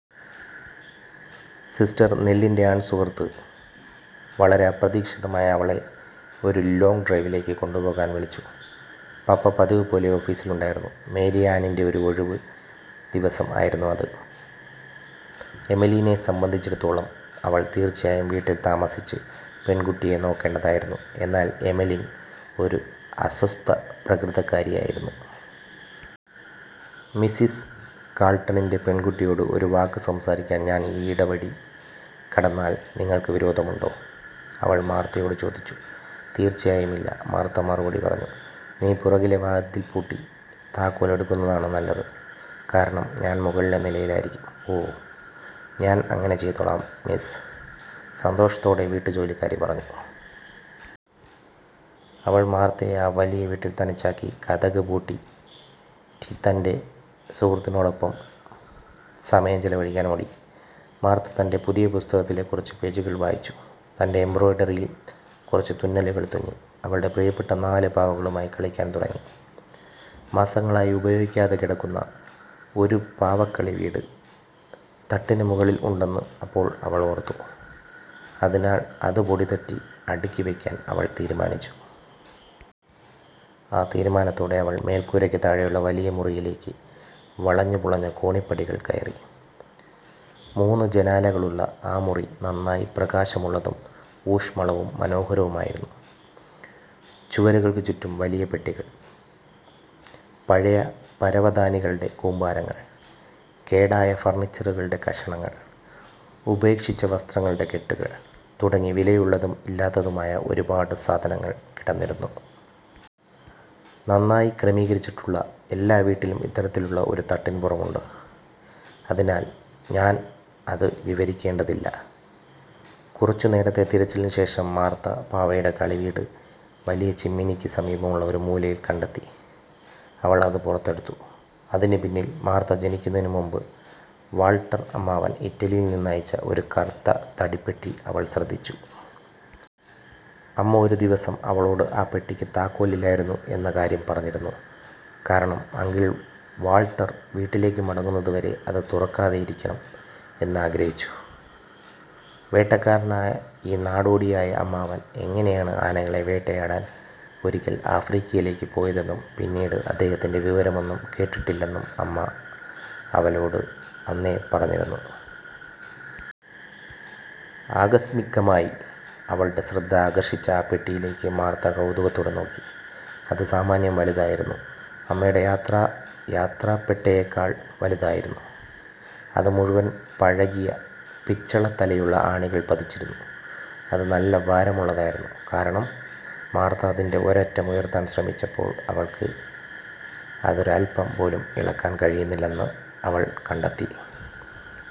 Sister നെല്ലിൻ്റെ ആൺസുഹൃത്ത് വളരെ അപ്രതീക്ഷിതമായി അവളെ ഒരു ലോംഗ് ഡ്രൈവിലേക്ക് കൊണ്ടുപോകാൻ വിളിച്ചു. പപ്പ പതിവുപോലെ ഓഫീസിൽ ഉണ്ടായിരുന്നു. മേരി ആനിൻ്റെ ഒരു ഒഴിവ് ദിവസം ആയിരുന്നു അത്. എമെലീനെ സംബന്ധിച്ചിടത്തോളം, അവൾ തീർച്ചയായും വീട്ടിൽ താമസിച്ച് പെൺകുട്ടിയെ നോക്കേണ്ടതായിരുന്നു; എന്നാൽ എമെലിൻ ഒരു അസ്വസ്ഥ പ്രകൃതക്കാരിയായിരുന്നു. "മിസ്സിസ് കാൾട്ടണിൻ്റെ പെൺകുട്ടിയോട് ഒരു വാക്ക് സംസാരിക്കാൻ ഞാൻ ഈ ഇടവഴി കടന്നാൽ നിങ്ങൾക്ക് വിരോധമുണ്ടോ? " അവൾ മാർത്തയോട് ചോദിച്ചു. "തീർച്ചയായും ഇല്ല," മാർത്ത മറുപടി പറഞ്ഞു. "നീ പുറകിലെ വാതിൽ പൂട്ടി താക്കോൽ എടുക്കുന്നതാണ് നല്ലത്, കാരണം ഞാൻ മുകളിലെ നിലയിലായിരിക്കും. " "ഓ, ഞാൻ അങ്ങിനെ ചെയ്തോളാം, മിസ്സ്," സന്തോഷത്തോടെ വീട്ടുജോലിക്കാരി പറഞ്ഞു. അവൾ മാർത്തയെ ആ വലിയ വീട്ടിൽ തനിച്ചാക്കി, കതക് പൂട്ട,ി തൻ്റെ സുഹൃത്തിനോടൊപ്പം സമയം ചെലവഴിക്കാൻ ഓടി. മാർത്ത തൻ്റെ പുതിയ പുസ്തകത്തിലെ കുറച്ച് പേജുകൾ വായിച്ചു, തൻ്റെ എംബ്രോയ്ഡറിയിൽ കുറച്ച് തുന്നലുകൾ തുന്നി, അവളുടെ പ്രിയപ്പെട്ട നാല് പാവകളുമായി കളിക്കാൻ തുടങ്ങി. മാസങ്ങളായി ഉപയോഗിക്കാതെ കിടക്കുന്ന ഒരു പാവക്കളിവീട് തട്ടിന് മുകളിൽ ഉണ്ടെന്ന് അപ്പോൾ അവൾ ഓർത്തു, അതിനാൽ അത് പൊടിതട്ടി അടുക്കി വയ്ക്കാൻ അവൾ തീരുമാനിച്ചു. ആ തീരുമാനത്തോടെ അവൾ മേൽക്കൂരയ്ക്ക് താഴെയുള്ള വലിയ മുറിയിലേക്ക് വളഞ്ഞുപുളഞ്ഞ കോണിപ്പടികൾ കയറി. മൂന്ന് ജനാലകളുള്ള ആ മുറി നന്നായി പ്രകാശമുള്ളതും ഊഷ്മളവും മനോഹരവുമായിരുന്നു. ചുവരുകൾക്ക് ചുറ്റും വലിയ പെട്ടികൾ, പഴയ പരവതാനികളുടെ കൂമ്പാരങ്ങൾ, കേടായ ഫർണിച്ചറുകളുടെ കഷണങ്ങൾ, ഉപേക്ഷിച്ച വസ്ത്രങ്ങളുടെ കെട്ടുകൾ, തുടങ്ങി വിലയുള്ളതും ഇല്ലാത്തതുമായ ഒരു പാട് സാധനങ്ങൾ കിടന്നിരുന്നു. നന്നായി ക്രമീകരിച്ചിട്ടുള്ള എല്ലാ വീട്ടിലും ഇത്തരത്തിലുള്ള ഒരു തട്ടിൻപുറം ഉണ്ട്, അതിനാൽ ഞാൻ അത് വിവരിക്കേണ്ടതില്ല. കുറച്ച് നേരത്തെ തിരച്ചിലിന് ശേഷം മാർത്ത പാവയുടെ കളി വീട് വലിയ ചിമ്മിനിക്ക് സമീപമുള്ള ഒരു മൂലയിൽ കണ്ടെത്തി. അവൾ അത് പുറത്തെടുത്തു, അതിനു പിന്നിൽ മാർത്ത ജനിക്കുന്നതിന് മുമ്പ് വാൾട്ടർ അമ്മാവൻ ഇറ്റലിയിൽ നിന്ന് അയച്ച ഒരു കറുത്ത തടിപ്പെട്ടി അവൾ ശ്രദ്ധിച്ചു. അമ്മ ഒരു ദിവസം അവളോട് ആ പെട്ടിക്ക് താക്കോൽ ഇല്ലായിരുന്നു എന്ന കാര്യം പറഞ്ഞിരുന്നു., കാരണം അങ്കിൾ വാൾട്ടർ വീട്ടിലേക്ക് മടങ്ങുന്നത് വരെ അത് തുറക്കാതെയിരിക്കണം എന്ന് ആഗ്രഹിച്ചു. വേട്ടക്കാരനായ ഈ നാടോടിയായ അമ്മാവൻ എങ്ങനെയാണ് ആനകളെ വേട്ടയാടാൻ ഒരിയ്ക്കൽ ആഫ്രിക്കയിലേക്ക് പോയതെന്നും പിന്നീട് അദ്ദേഹത്തിന്റെ വിവരമൊന്നും കേട്ടിട്ടില്ലെന്നും അമ്മ അവലോട് അന്നേ പറഞ്ഞിരുന്നു. ആകസ്മികമായി അവളുടെ ശ്രദ്ധ ആകർഷിച്ച ആ പെട്ടിയിലേക്ക് മാർത്ത കൗതുകത്തോടെ നോക്കി. അത് സാമാന്യം വലുതായിരുന്നു—അമ്മയുടെ യാത്രാ യാത്രപ്പെട്ടയേക്കാൾ വലുതായിരുന്നു. അത് മുഴുവൻ പഴകിയ പിച്ചളത്തലയുള്ള ആണികൾ പതിച്ചിരുന്നു. അത് നല്ല ഭാരമുള്ളതായിരുന്നു, കാരണം, മാർത്ത അതിൻ്റെ ഒരറ്റം ഉയർത്താൻ ശ്രമിച്ചപ്പോൾ അവൾക്ക് അതൊരഅൽപ്പം പോലും ഇളക്കാൻ കഴിയുന്നില്ലെന്ന് അവൾ കണ്ടെത്തി.